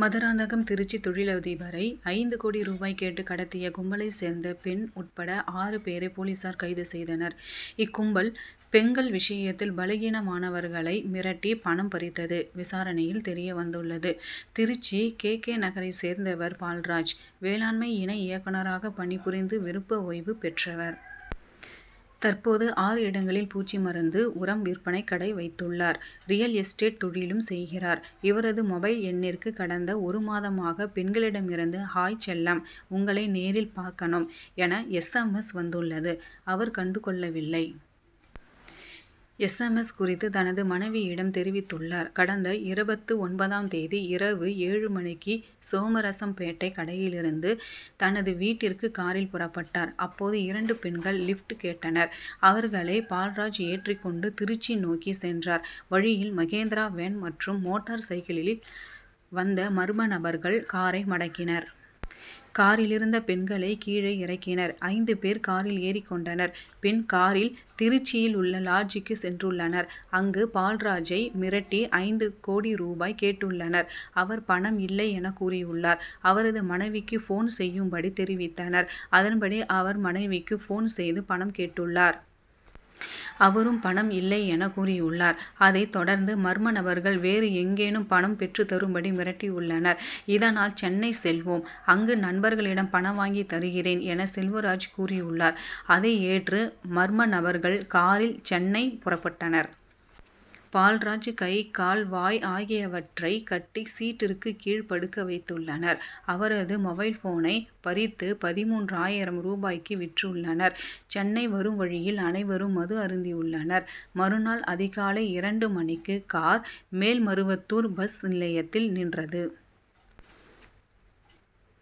மதுராந்தகம் திருச்சி தொழிலதிபரை ஐந்து கோடி ரூபாய் கேட்டு கடத்திய கும்பலைச் சேர்ந்த பெண் உட்பட ஆறு பேரை போலீசார் கைது செய்தனர். இக்கும்பல் பெண்கள் விஷயத்தில் பலகீனமானவர்களை மிரட்டி பணம் பறித்தது விசாரணையில் தெரிய வந்துள்ளது. திருச்சி கே. கே.,நகரைச் சேர்ந்தவர் பால்ராஜ். வேளாண்மை இணை இயக்குனராகப் பணிபுரிந்து விருப்ப ஓய்வு பெற்றவர். தற்போது ஆறு இடங்களில் பூச்சி மருந்து, உரம் விற்பனை கடை வைத்துள்ளார். ரியல் எஸ்டேட் தொழிலும் செய்கிறார். இவரது மொபைல் எண்ணிற்கு கடந்த ஒரு மாதமாக பெண்களிடமிருந்து ஹாய் செல்லம், உங்களை நேரில் பார்க்கணும் என, எஸ். எம். எஸ்., வந்துள்ளது. அவர் கண்டு கொள்ளவில்லை. எஸ். எம். எஸ்., குறித்து தனது மனைவியிடம் தெரிவித்துள்ளார். கடந்த இருபத்து ஒன்பதாம் தேதி இரவு ஏழு மணிக்கு சோமரசம்பேட்டை கடையிலிருந்து தனது வீட்டிற்கு காரில் புறப்பட்டார். அப்போது இரண்டு பெண்கள் லிப்ட் கேட்டனர். அவர்களை பால்ராஜ் ஏற்றிக் கொண்டு திருச்சி நோக்கிச் சென்றார். வழியில் மகேந்திரா வேன் மற்றும் மோட்டார் சைக்கிளில் வந்த மர்ம நபர்கள் காரை மடக்கினர். காரிலிருந்த பெண்களை கீழே இறக்கினர். ஐந்து பேர் காரில் ஏறிக் கொண்டனர். பின் காரில் திருச்சியில் உள்ள லாட்ஜூக்கு சென்றுள்ளனர். அங்கு பால்ராஜை மிரட்டி ஐந்து கோடி ரூபாய் கேட்டுள்ளனர். அவர் பணம் இல்லை எனக்கூறியுள்ளார். அவரது மனைவிக்கு போன் செய்யும்படி தெரிவித்தனர். அதன்படி அவர் மனைவிக்கு போன் செய்து பணம் கேட்டுள்ளார். அவரும் பணம் இல்லை எனக் கூறியுள்ளார். அதைத் தொடர்ந்து மர்ம நபர்கள் வேறு எங்கேனும் பணம் பெற்று தரும்படி மிரட்டியுள்ளனர். இதனால், சென்னை செல்வோம். அங்கு நண்பர்களிடம் பணம் வாங்கி தருகிறேன்' என, செல்வராஜ் கூறியுள்ளார். அதை ஏற்று மர்ம நபர்கள் காரில் சென்னை புறப்பட்டனர். பால்ராஜ் கை, கால், வாய் ஆகியவற்றை கட்டி சீட்டிற்கு கீழ் படுக்க வைத்துள்ளனர். அவரது மொபைல் போனை பறித்து பதின்மூன்று ஆயிரம் ரூபாய்க்கு விற்றுள்ளனர். சென்னை வரும் வழியில் அனைவரும் மது அருந்தியுள்ளனர். மறுநாள் அதிகாலை இரண்டு மணிக்கு கார் மேல்மருவத்தூர் பஸ் நிலையத்தில் நின்றது.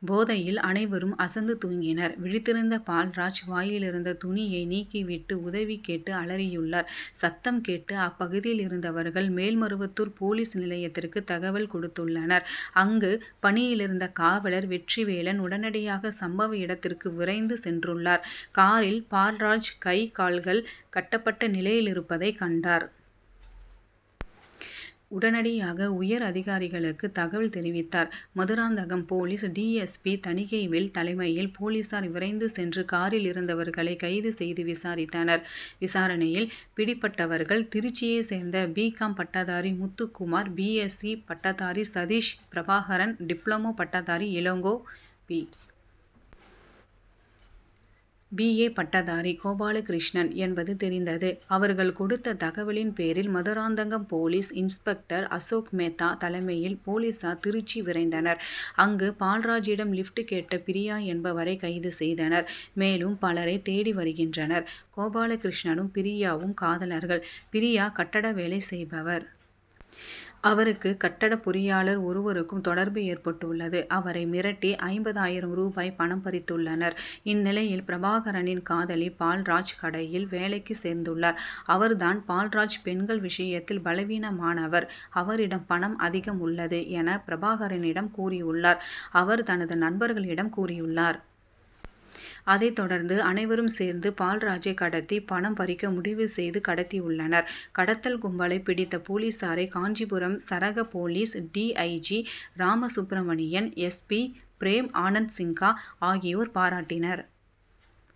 போதையில் அனைவரும் அசந்து தூங்கினர். விழித்திருந்த பால்ராஜ் வாயிலிருந்த துணியை நீக்கிவிட்டு உதவி கேட்டு அலறியுள்ளார். சத்தம் கேட்டு அப்பகுதியிலிருந்தவர்கள் மேல்மருவத்தூர் போலீஸ் நிலையத்திற்கு தகவல் கொடுத்துள்ளனர். அங்கு பணியிலிருந்த காவலர் வெற்றிவேலன் உடனடியாக சம்பவ இடத்திற்கு விரைந்து சென்றுள்ளார். காரில் பால்ராஜ் கை, கால்கள் கட்டப்பட்ட நிலையிலிருப்பதைக் கண்டார். உடனடியாக உயர் அதிகாரிகளுக்கு தகவல் தெரிவித்தார். Madurantakam police D. S. P., Thanigaivel தலைமையில் போலீசார் விரைந்து சென்று காரிலிருந்தவர்களை கைது செய்து விசாரித்தனர். விசாரணையில் பிடிபட்டவர்கள் திருச்சியைச் சேர்ந்த பி. காம்., பட்டதாரி முத்துக்குமார் பி. எஸ்சி., பட்டதாரி சதீஷ் பிரபாகரன் டிப்ளமோ பட்டதாரி இளங்கோ பி. ஏ., பட்டதாரி கோபாலகிருஷ்ணன் என்பது தெரிந்தது. அவர்கள் கொடுத்த தகவலின்பேரில் மதுராந்தகம் போலீஸ் இன்ஸ்பெக்டர் அசோக்மேத்தா தலைமையில் போலீசார் திருச்சி விரைந்தனர். அங்கு பால்ராஜிடம் லிப்ட் கேட்ட பிரியா என்பவரை கைது செய்தனர். மேலும் பலரை தேடி வருகின்றனர். கோபாலகிருஷ்ணனும், பிரியாவும் காதலர்கள். பிரியா கட்டட வேலை செய்பவர். அவருக்கும் கட்டடப் பொறியாளர் ஒருவருக்கும் தொடர்பு ஏற்பட்டுள்ளது. அவரை மிரட்டி ஐம்பது ஆயிரம் ரூபாய் பணம் பறித்துள்ளனர். இந்நிலையில், பிரபாகரனின் காதலி பால்ராஜ் கடையில் வேலைக்கு சேர்ந்துள்ளார். அவர்தான், பால்ராஜ் பெண்கள் விஷயத்தில் பலவீனமானவர். அவரிடம் பணம் அதிகம் உள்ளது' எனப் பிரபாகரனிடம் கூறியுள்ளார். அவர் தனது நண்பர்களிடம் கூறியுள்ளார். அதைத் தொடர்ந்து அனைவரும் சேர்ந்து பால்ராஜை கடத்தி பணம் பறிக்க முடிவு செய்து கடத்தியுள்ளனர். கடத்தல் கும்பலை பிடித்த போலீசாரை காஞ்சிபுரம் சரக போலீஸ் டி. ஐ. G., Ramasubramanian, S. B., Prem Anand Sinha ஆகியோர் பாராட்டினர்.